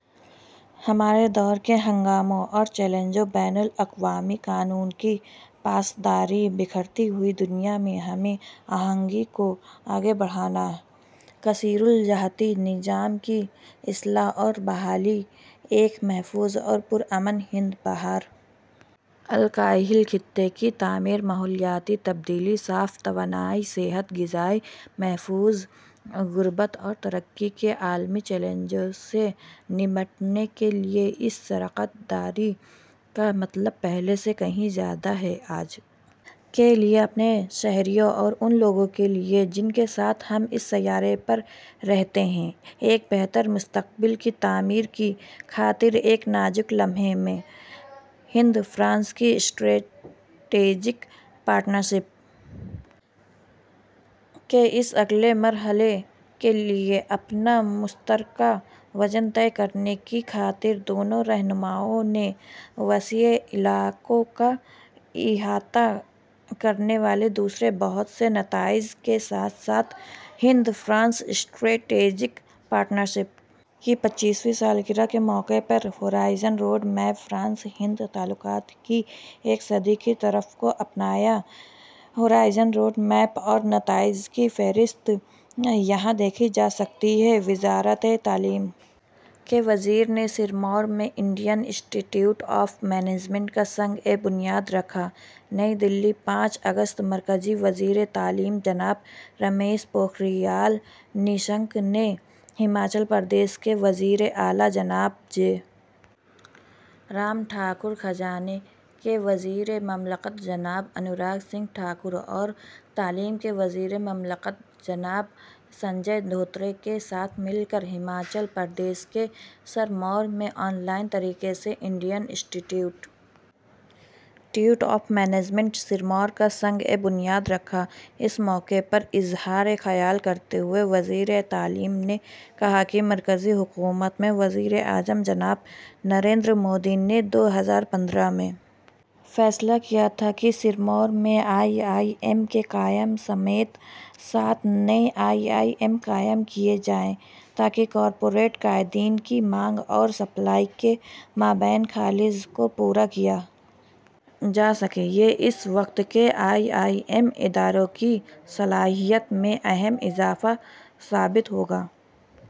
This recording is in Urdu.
ہمارے دور کے ہنگاموں اور چیلنجوں بین الاقوامی قانون کی پاسداری بکھرتی ہوئی دنیا میں ہم آہنگی کو آگے بڑھانا کثیر الجہتی نظام کی اصلاح اور بحالی ایک محفوظ اور پرامن ہند بحر الکاہل خطے کی تعمیر ماحولیاتی تبدیلی صاف توانائی صحت غذائی تحفظ غربت اور ترقی کے عالمی چیلنجوں سے نمٹنے کے لیے میں اس شراکت داری کا مطلب پہلے سے کہیں زیادہ ہے آج کے لیے اپنے شہریوں اور ان لوگوں کے لیے جن کے ساتھ ہم اس سیارے پر رہتے ہیں ایک بہتر مستقبل کی تعمیر کی خاطر ایک نازک لمحہ ہیں ہند فرانس اسٹریٹجک پارٹنرشپ کے اس اگلے مرحلے کے لیے اپنا مشترکہ وژن طے کرنے کی خاطر دونوں رہنماؤں نے وسیع علاقوں کا احاطہ کرنے والے دوسرے بہت سے نتائج کے ساتھ ساتھ ہند فرانس اسٹریٹجک پارٹنرشپ کی پچیسویں سالگرہ کے موقع پر horizon road map France Hind تعلقات کی ایک صدی کی طرف کو اپنایا ہورائزن روڈ میپ اور نتائج کی فہرست یہاں دیکھی جا سکتی ہے وزارت تعلیم کے وزیر نے سرمور میں Indian institute of management کا سنگ بنیاد رکھا نئی دہلی پانچ اگست مرکزی وزیر تعلیم جناب رمیش پوکھریال نشنک نے ہماچل پردیش کے وزیر اعلیٰ جناب جے رام ٹھاکر خزانہ کے وزیر مملکت جناب انوراگ سنگھ ٹھاکر اور تعلیم کے وزیر مملکت جناب سنجے دھوترے کے ساتھ مل کر ہماچل پردیش کے سرمور میں آن لائن طریقے سے Indian institute of management Sirmaur کا سنگ بنیاد رکھا اس موقع پر اظہار خیال کرتے ہوئے وزیر تعلیم نے کہا کہ مرکزی حکومت میں وزیر اعظم جناب نریندر مودی نے دو ہزار پندرہ میں فیصلہ کیا تھا کہ سرمور میں آئی آئی ایم کے قیام سمیت سات نئے آئی آئی ایم قائم کیے جائیں تاکہ کارپوریٹ قائدین کی مانگ اور سپلائی کے مابین خلیج کو پر کیا جا سکے یہ اس وقت کے آئی آئی ایم اداروں کی صلاحیت میں اہم اضافہ ثابت ہوگا